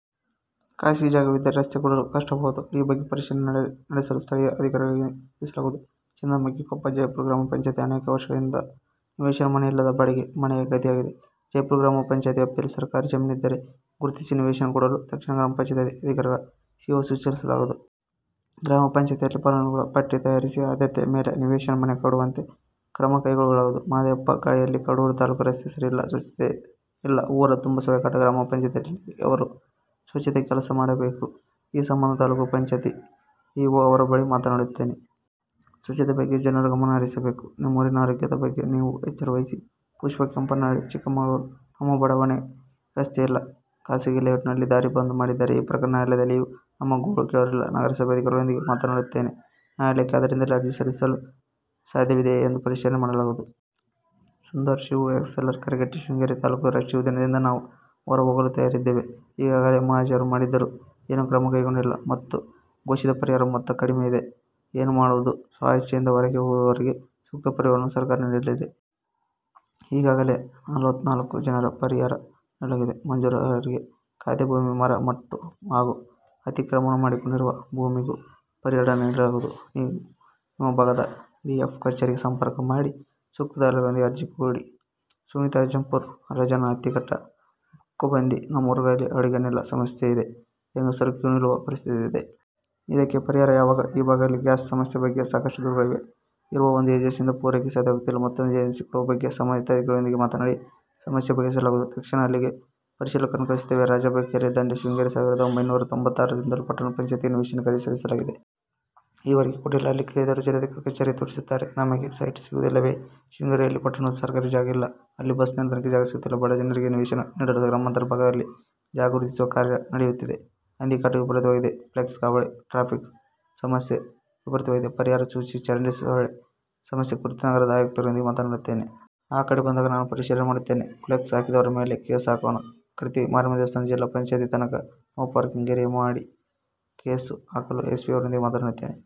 ಖಾಸಗಿ ಜಾಗವಾಗಿದ್ದರೆ ರಸ್ತೆ ಕೊಡಲು ಕಷ್ಟವಾಗಬಹುದು. ಈ ಬಗ್ಗೆ ಪರಿಶೀಲನೆ ನಡೆಸಲು ಸ್ಥಳೀಯ ಅಧಿಕಾರಿಗಳಿಗೆ ತಿಳಿಸಲಾಗುವುದು. ಚಂದನ್, ಮಕ್ಕಿಕೊಪ್ಪ, ಜಯಪುರ ಗ್ರಾಮ ಪಂಚಾಯ್ತಿ ಅನೇಕ ವರ್ಷಗಳಿಂದ ನಿವೇಶನ, ಮನೆ ಇಲ್ಲದೆ ಬಾಡಿಗೆ ಮನೆಯೇ ಗತಿಯಾಗಿದೆ. ಜಯಪುರ ಗ್ರಾಮ ಪಂಚಾಯ್ತಿ ವ್ಯಾಪ್ತಿಯಲ್ಲಿ ಸರಕಾರಿ ಜಮೀನಿದ್ದರೆ ಗುರುತಿಸಿ ನಿವೇಶನ ಕೊಡಲು ತಕ್ಷಣ ಗ್ರಾಮ ಪಂಚಾಯ್ತಿ ಅಧಿಕಾರಿಗಳು, ಇಒಗೆ ಸೂಚಿಸಲಾಗುವುದು. ಗ್ರಾಮ ಪಂಚಾಯ್ತಿಯಲ್ಲಿ ಫಲಾನುಭವಿಗಳ ಪಟ್ಟಿ ತಯಾರಿಸಿ ಆದ್ಯತೆ ಮೇಲೆ ನಿವೇಶನ, ಮನೆ ಕೊಡುವಂತೆ ಕ್ರಮ ಕೈಗೊಳ್ಳಲಾಗುವುದು. ಮಹಾದೇವಪ್ಪ, ಗಾಳಿಹಳ್ಳಿ, ಕಡೂರು ತಾಲ್ಲೂಕು ರಸ್ತೆ ಸರಿಯಿಲ್ಲ, ಸ್ವಚ್ಛತೆ ಇಲ್ಲ, ಊರ ತುಂಬಾ ಸೊಳ್ಳೆಕಾಟ. ಗ್ರಾಮ ಪಂಚಾಯ್ತಿಯವರು ಸ್ವಚ್ಛತೆ ಕೆಲಸ ಮಾಡಬೇಕು. ಈ ಸಂಬಂಧ ತಾಲ್ಲೂಕು ಪಂಚಾಯ್ತಿ ಇಒ ಅವರ ಬಳಿ ಮಾತನಾಡುತ್ತೇನೆ. ಸ್ವಚ್ಛತೆ ಬಗ್ಗೆ ಜನರೂ ಗಮನ ಹರಿಸಬೇಕು. ನಿಮ್ಮೂರಿನ ಆರೋಗ್ಯದ ಬಗ್ಗೆ ನೀವೂ ಎಚ್ಚರವಹಿಸಿ. ಪುಷ್ಪಾ, ಕೆಂಪನಹಳ್ಳಿ, ಚಿಕ್ಕಮಗಳೂರು ನಮ್ಮ ಬಡಾವಣೆಗೆ ರಸ್ತೆ ಇಲ್ಲ, ಖಾಸಗಿ ಲೇಔಟ್ನವರು ದಾರಿ ಬಂದ್ ಮಾಡಿದ್ದಾರೆ. ಈ ಪ್ರಕರಣ ನ್ಯಾಯಾಲಯದಲ್ಲಿದೆ ನಮ್ಮ ಗೋಳು ಕೇಳೋರಿಲ್ಲ. ನಗರಸಭೆ ಅಧಿಕಾರಿಗಳೊಂದಿಗೆ ಮಾತನಾಡುತ್ತೇನೆ. ನ್ಯಾಯಾಲಯಕ್ಕೆ ಅವರಿಂದಲೇ ಅರ್ಜಿ ಸಲ್ಲಿಸಲು ಸಾಧ್ಯವಿದೆಯಾ ಎಂದು ಪರಿಶೀಲನೆ ಮಾಡಲಾಗುವುದು. ಸುಂದರ, ಶಿವು, ಎಲ್ಸಾರ್, ಕೆರೆಕಟ್ಟೆ, ಶೃಂಗೇರಿ ತಾಲ್ಲೂಕು. ರಾಷ್ಟ್ರೀಯ ಉದ್ಯಾನದಿಂದ ನಾವು ಹೊರ ಹೋಗಲು ತಯಾರಿದ್ದೇವೆ. ಈಗಾಗಲೇ ಮಹಜರು ಮಾಡಿದ್ದರೂ ಏನೂ ಕ್ರಮ ಕೈಗೊಂಡಿಲ್ಲ ಮತ್ತು ಘೋಷಿತ ಪರಿಹಾರ ಮೊತ್ತ ಕಡಿಮೆ ಇದೆ ಏನು ಮಾಡುವುದು? ಸ್ವ ಇಚ್ಛೆಯಿಂದ ಹೊರಗೆ ಹೋಗುವವರಿಗೆ ಸೂಕ್ತ ಪರಿಹಾರವನ್ನು ಸರಕಾರ ನೀಡಲಿದೆ. ಈಗಾಗಲೇ ನಲವತ್ನಾಲ್ಕು ಜನರಿಗೆ ಪರಿಹಾರ ನೀಡಲಾಗಿದೆ. ಮಂಜೂರಾಗಿದೆ. ಖಾತೆ ಭೂಮಿ, ಮರ ಮಟ್ಟು ಹಾಗೂ ಅತಿಕ್ರಮಣ ಮಾಡಿಕೊಂಡಿರುವ ಭೂಮಿಗೂ ಪರಿಹಾರ ನೀಡಲಾಗುವುದು. ನೀವು ನಿಮ್ಮ ಭಾಗದ ಡಿಎಫ್ಒ ಕಚೇರಿಗೆ ಸಂಪರ್ಕ ಮಾಡಿ ಸೂಕ್ತ ದಾಖಲೆಯೊಂದಿಗೆ ಅರ್ಜಿ ಕೊಡಿ. ಸುನೀತಾ, ಅಜ್ಜಂಪುರ. ರಾಜಣ್ಣ, ಅತ್ತಿಘಟ್ಟ, ಬುಕ್ಕಾಂಬುಧಿ ನಮ್ಮೂರುಗಳಲ್ಲಿ ಅಡುಗೆ ಅನಿಲ ಸಮಸ್ಯೆಯಿದೆ, ಹೆಂಗಸರು ಕ್ಯೂ ನಿಲ್ಲುವ ಪರಿಸ್ಥಿತಿ ಇದೆ. ಇದಕ್ಕೆ ಪರಿಹಾರ ಯಾವಾಗ, ಈ ಭಾಗದಲ್ಲಿ ಗ್ಯಾಸ್ ಸಮಸ್ಯೆ ಬಗ್ಗೆ ಸಾಕಷ್ಟು ದೂರುಗಳಿವೆ. ಇರುವ ಒಂದೇ ಏಜೆನ್ಸಿಯಿಂದ ಪೂರೈಕೆ ಸಾಧ್ಯವಾಗುತ್ತಿಲ್ಲ. ಮತ್ತೊಂದು ಏಜೆನ್ಸಿ ಕೊಡುವ ಬಗ್ಗೆ ಸಂಬಂಧಿತ ಅಧಿಕಾರಿಗಳೊಂದಿಗೆ ಮಾತನಾಡಿ ಸಮಸ್ಯೆ ಬಗೆಹರಿಸಲಾಗುವುದು. ತಕ್ಷಣ ಅಲ್ಲಿಗೆ ಪರಿಶೀಲಕರನ್ನು ಕಳಿಸುತ್ತೇನೆ. ರಾಜಪ್ಪ, ಕೆರೆ ದಂಡೆ, ಶೃಂಗೇರಿ ಸಾವಿರದ ಒಂಭೈನೂರ ತೊಂಬತ್ತಾರರಿಂದಲೂ ಪಟ್ಟಣ ಪಂಚಾಯಿತಿಗೆ ನಿವೇಶನಕ್ಕಾಗಿ ಅರ್ಜಿ ಸಲ್ಲಿಸಲಾಗಿದೆ. ಈವರೆಗೂ ಕೊಟ್ಟಿಲ್ಲ. ಅಲ್ಲಿ ಕೇಳಿದರೆ ಜಿಲ್ಲಾಧಿಕಾರಿ ಕಚೇರಿ ತೋರಿಸುತ್ತಾರೆ, ನಮಗೆ ಸೈಟು ಸಿಗುವುದಿಲ್ಲವೆ? ಶೃಂಗೇರಿಯಲ್ಲಿ ಪಟ್ಟಣದಲ್ಲಿ ಸರಕಾರಿ ಜಾಗ ಇಲ್ಲ. ಅಲ್ಲಿ ಬಸ್ ನಿಲ್ದಾಣಕ್ಕೇ ಜಾಗ ಸಿಗುತ್ತಿಲ್ಲ. ಬಡಜನರಿಗೆ ನಿವೇಶನ ನೀಡಲು ಗ್ರಾಮಾಂತರ ಭಾಗದಲ್ಲಿ ಜಾಗ ಗುರುತಿಸುವ ಕಾರ್ಯ ನಡೆಯುತ್ತಿದೆ. ಹಂದಿ ಕಾಟ ವಿಪರೀತವಾಗಿದೆ. ಫ್ಲೆಕ್ಸ್ ಹಾವಳಿ, ಟ್ರಾಫಿಕ್ ಸಮಸ್ಯೆ ವಿಪರೀತವಿದೆ, ಪರಿಹಾರ ಸೂಚಿಸಿ ಚರಂಡಿ, ಸೊಳ್ಳೆ ಸಮಸ್ಯೆ ಕುರಿತು ನಗರಸಭೆ ಆಯುಕ್ತರೊಂದಿಗೆ ಮಾತನಾಡುತ್ತೇನೆ. ಆ ಕಡೆ ಬಂದಾಗ ನಾನೇ ಪರಿಶೀಲನೆ ಮಾಡುತ್ತೇನೆ. ಫ್ಲೆಕ್ಸ್ ಹಾಕಿದವರ ಮೇಲೆ ಕೇಸು ಹಾಕೋಣ. ಕತ್ರಿ ಮಾರಮ್ಮ ದೇವಸ್ಥಾನ, ಜಿಲ್ಲಾ ಪಂಚಾಯಿತಿ ತನಕ ನೋ ಪಾರ್ಕಿಂಗ್ ಏರಿಯಾ ಮಾಡಿ ಕೇಸು ಹಾಕಲು ಎಸ್ಪಿಯವರೊಂದಿಗೆ ಮಾತನಾಡುತ್ತೇನೆ.